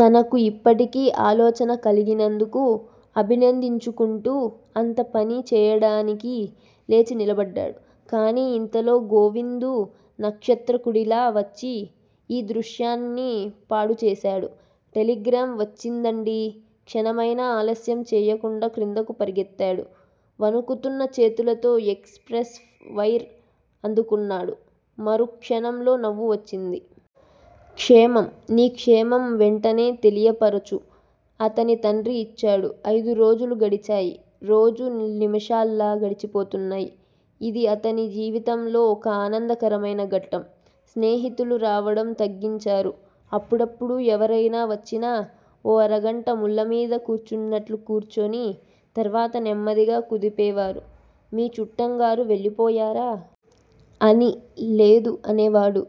తనకు యిప్పుడీ ఆలోచన కలిగినందుకు అభినందించుకుంటూ అంత పనీ చేయటానికి లేచి నిలబడ్డాడు. కానీ యింతలో గోవిందు నక్షత్రకుడిలా వచ్చి యీ దృశ్యాన్ని పాడుచేశాడు. టెలిగ్రాం వచ్చిందండీ. క్షణమైనా ఆలస్యం చేయకుండా క్రిందకు పరిగెత్తాడు. వణుకుతూన్న చేతులతో ఎక్స్ ప్రెస్ వైర్ అందుకున్నాడు. మరుక్షణంలో నవ్వు వచ్చింది. క్షేమం నీ క్షేమం వెంటనే తెలియపరచు. అతని తండ్రి యిచ్చాడు. అయిదురోజులు గడిచాయి. రోజులు నిముషాలలా గడిచిపోతున్నాయి. ఇది అతని జీవితంలో ఓ ఆనందకరమైన ఘట్టం. స్నేహితులు రావడం తగ్గించారు. అప్పుడప్పుడూ ఎవరైనా వచ్చినా-ఓ అరగంట ముళ్ళమీద కూర్చున్నట్లు కూర్చుని తరువాత నెమ్మదిగా కదిపేవారు మీ చుట్టంగారు వెళ్ళిపోయారా? అని. లేదు అనేవాడు.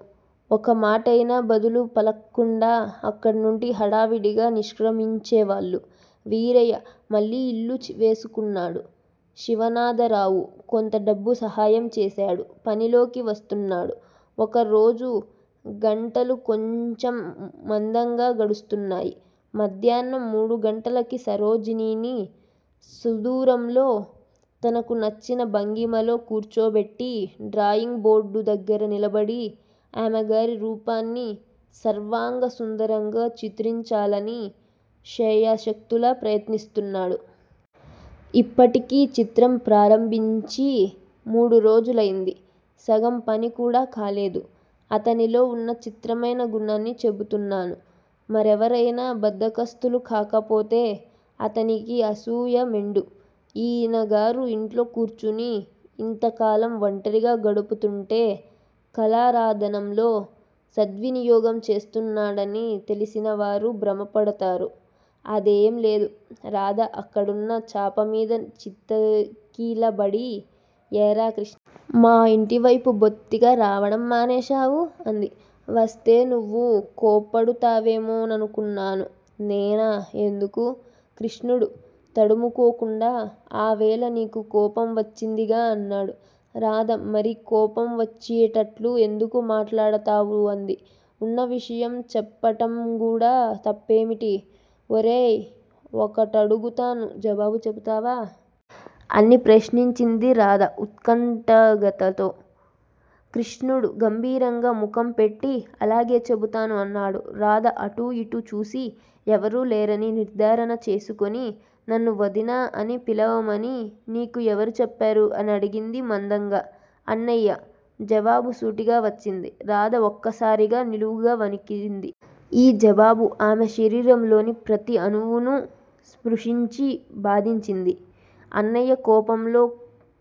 ఒక్కమాటయినా బదులు పలక్కుండా అక్కడినుండి హడావుడిగా నిష్క్రమించేవాళ్ళు. వీరయ్య మళ్ళీ యిల్లు వేసుకున్నాడు. శివనాథరావు కొంత డబ్బు సహాయం చేశాడు. పనిలోకి వస్తున్నాడు. ఓరోజు గంటలు కొంచెం మందంగా గడుస్తున్నాయి. మధ్యాహ్నం మూడు గంటలకి సరోజినిని సుదూరంలో తనకు నచ్చిన భంగిమలో కూర్చోబెట్టీ డ్రాయింగ్ బోర్డుదగ్గర నిలబడి ఆమెగారి రూపాన్ని సర్వాంగ సుందరంగా చిత్రించాలని శాయశక్తులా ప్రయత్నిస్తున్నాడు. ఇప్పటికి చిత్రం ప్రారంభించి మూడురోజులైంది. సగం పనికూడా కాలేదు. అతనిలో వున్న చిత్రమైన గుణాన్ని చెబుతున్నాను. మరెవరైనా బద్దకస్తులు కాకపోతే అతనికి అసూయ మెండు. ఈయనగారు యింట్లో కూర్చుని యింతకాలం ఒంటరిగా గడుపుతూంటే కళారాధనంలో సద్వినియోగం చేస్తున్నాడని తెలిసినవారు భ్రమపడతారు. అదేం లేదు. రాధ అక్కడున్న చాపమీద చతికిలబడి ఏరా కృష్ణా! మా ఇంటివైపు బొత్తిగా రావటం మానేశావు అంది. వస్తే నువ్వు కోప్పడుతావేమో ననుకున్నాను. నేనా? ఎందుకు? కృష్ణుడు తడుముకోకుండా ఆవేళ నీకు కోపం వచ్చిందిగా అన్నాడు. రాధ మరి కోపం వచ్చేటట్లు ఎందుకు మాట్లాడతావు అంది. ఉన్న విషయం చెప్పటంగూడా తప్పేమిటి? ఒరేయి, ఒకటడుగుతాను జవాబు చెబుతావా? అని ప్రశ్నించింది రాధ ఉత్కంఠగతో. కృష్ణుడు గంభీరంగా ముఖంపెట్టి అలాగే చెబుతాను అన్నాడు. రాధ అటూ ఇటూ చూసి, ఎవ్వరూ లేరని నిర్ధారణ చేసుకుని నన్ను వదినా అని పిలవమని నీకు ఎవరు చెప్పారు? అని అడిగింది మందంగా. అన్నయ్య. జవాబు సూటిగా వచ్చింది. రాధ ఒక్కసారిగా నిలువునా వణికింది. ఈ జవాబు ఆమె శారీరంలోని ప్రతి అణువునూ స్పృశించి బాధించింది. అన్నయ్య కోపంతో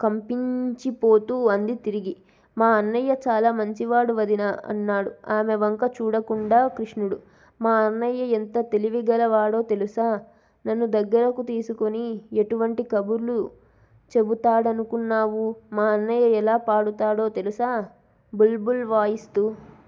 కపించిపోతూ అంది తిరిగి. మా అన్నయ్య చాలా మంచివాడు వదినా అన్నాడు ఆమె వంక చూడకుండా కృష్ణుడు. మా అన్నయ్య ఎంత తెలివిగలవాడో తెలుసా? నన్ను దగ్గరకు తీసుకుని- ఎటువంటి కబుర్లు చెపుతాడనుకున్నావు? మా అన్నయ్య ఎలా పాడుతాడో తెలుసా? బుల్ బుల్ వాయిస్తూ